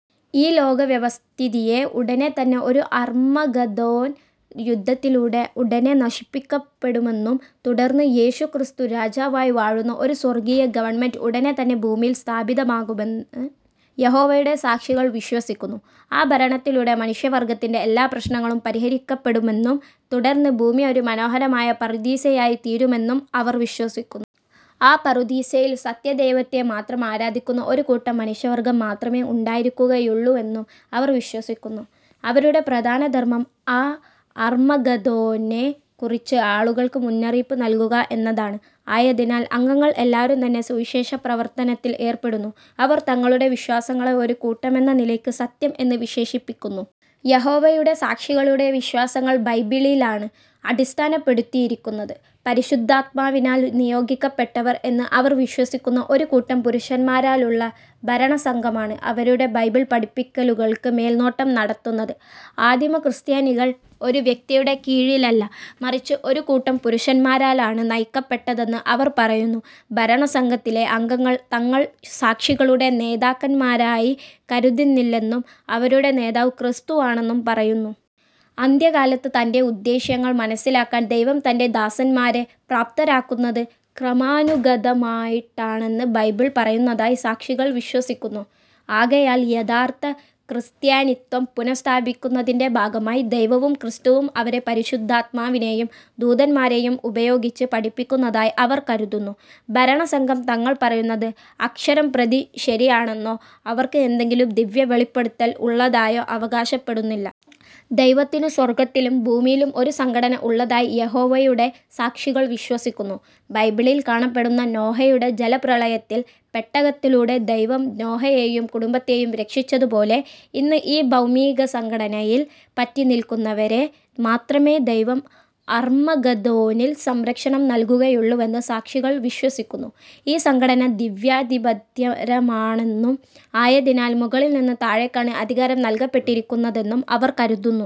ഈ ലോക വ്യവസ്ഥിതിയെ ഉടനെ തന്നെ ഒരു അർമ്മഗദോൻ യുദ്ധത്തിലൂടെ ഉടനെ നശിപ്പിക്കപ്പെടുമെന്നും, തുടർന്ന് യേശുക്രിസ്തു രാജാവായി വാഴുന്ന ഒരു സ്വർഗീയ ഗവണ്മെന്റ് ഉടനെ തന്നെ ഭൂമിയിൽ സ്ഥാപിതമാകുമെന്ന് യഹോവയുടെ സാക്ഷികൾ വിശ്വസിക്കുന്നു. ആ ഭരണത്തിലൂടെ മനുഷ്യവർഗ്ഗത്തിന്റെ എല്ലാ പ്രശ്നങ്ങളും പരിഹരിക്കപ്പെടുമെന്നും, തുടർന്ന് ഭൂമി ഒരു മനോഹരമായ പറുദീസയായി തീരുമെന്നും അവർ വിശ്വസിക്കുന്നു. ആ പറുദീസയിൽ സത്യദൈവത്തെ മാത്രം ആരാധിക്കുന്ന ഒരു കൂട്ടം മനുഷ്യവർഗ്ഗം മാത്രമേ ഉണ്ടായിരിക്കുകയുള്ളുവെന്നും അവർ വിശ്വസിക്കുന്നു. അവരുടെ പ്രധാന ധർമ്മം ആ അർമ്മഗദോനെ കുറിച്ച് ആളുകൾക്ക് മുന്നറിയിപ്പു നൽകുക എന്നതാണ്. ആയതിനാൽ അംഗങ്ങൾ എല്ലാവരും തന്നെ സുവിശേഷപ്രവർത്തനത്തിൽ ഏർപ്പെടുന്നു. അവർ തങ്ങളുടെ വിശ്വാസങ്ങളെ ഒരു കൂട്ടമെന്ന നിലയ്ക്ക് "സത്യം" എന്ന് വിശേഷിപ്പിക്കുന്നു. യഹോവയുടെ സാക്ഷികളുടെ വിശ്വാസങ്ങൾ ബൈബിളിലാണ് അടിസ്ഥാനപ്പെടുത്തിയിരിക്കുന്നത്. പരിശുദ്ധാത്മാവിനാൽ നിയോഗിക്കപ്പെട്ടവർ എന്ന് അവർ വിശ്വസിക്കുന്ന ഒരു കൂട്ടം പുരുഷന്മാരാലുള്ള ഭരണസംഘമാണ് അവരുടെ ബൈബിൾ പഠിപ്പിക്കലുകൾക്ക് മേൽനോട്ടം നടത്തുന്നത്. ആദിമ ക്രിസ്ത്യാനികൾ ഒരു വ്യക്തിയുടെ കീഴിലല്ല മറിച്ച് ഒരു കൂട്ടം പുരുഷന്മാരാലാണ് നയിക്കപ്പെട്ടതെന്ന് അവർ പറയുന്നു. ഭരണസംഘത്തിലെ അംഗങ്ങൾ തങ്ങൾ സാക്ഷികളുടെ നേതാക്കന്മാരായി കരുതുന്നില്ലെന്നും, അവരുടെ നേതാവ് ക്രിസ്തുവാണെന്നും പറയുന്നു. അന്ത്യകാലത്ത് തന്റെ ഉദ്ദേശ്യങ്ങൾ മനസ്സിലാക്കാൻ ദൈവം തന്റെ ദാസന്മാരെ പ്രാപ്തരാക്കുന്നത് ക്രമാനുഗതമായിട്ടാണെന്ന് ബൈബിൾ പറയുന്നതായി സാക്ഷികൾ വിശ്വസിക്കുന്നു. ആകയാൽ യഥാർത്ഥ ക്രിസ്ത്യാനിത്വം പുനസ്ഥാപിക്കുന്നതിന്റെ ഭാഗമായി ദൈവവും, ക്രിസ്തുവും അവരെ പരിശുദ്ധാത്മാവിനെയും ദൂതന്മാരെയും ഉപയോഗിച്ച് പഠിപ്പിക്കുന്നതായി അവർ കരുതുന്നു. ഭരണസംഘം തങ്ങൾ പറയുന്നത് അക്ഷരം പ്രതി ശരിയാണെന്നോ അവർക്ക് എന്തെങ്കിലും ദിവ്യ വെളിപ്പെടുത്തൽ ഉള്ളതായോ അവകാശപ്പെടുന്നില്ല. ദൈവത്തിനു സ്വർഗ്ഗത്തിലും ഭൂമിയിലും ഒരു സംഘടന ഉള്ളതായി യഹോവയുടെ സാക്ഷികൾ വിശ്വസിക്കുന്നു. ബൈബിളിൽ കാണപ്പെടുന്ന നോഹയുടെ ജലപ്രളയത്തിൽ പെട്ടകത്തിലൂടെ ദൈവം നോഹയെയും കുടുംബത്തെയും രക്ഷിച്ചതു പോലെ, ഇന്ന് ഈ ഭൗമീക സംഘടനയിൽ പറ്റി നിൽക്കുന്നവരെ മാത്രമേ ദൈവം അർമ്മഗദോനിൽ സംരക്ഷണം നൽകുകയുള്ളുവെന്ന് സാക്ഷികൾ വിശ്വസിക്കുന്നു. ഈ സംഘടന ദിവ്യാദിപത്യപരമാണെന്നും ആയതിനാൽ മുകളിൽ നിന്ന് താഴേക്കാണ് അധികാരം നൽകപ്പെട്ടിരിക്കുന്നതെന്നും അവർ കരുതുന്നു.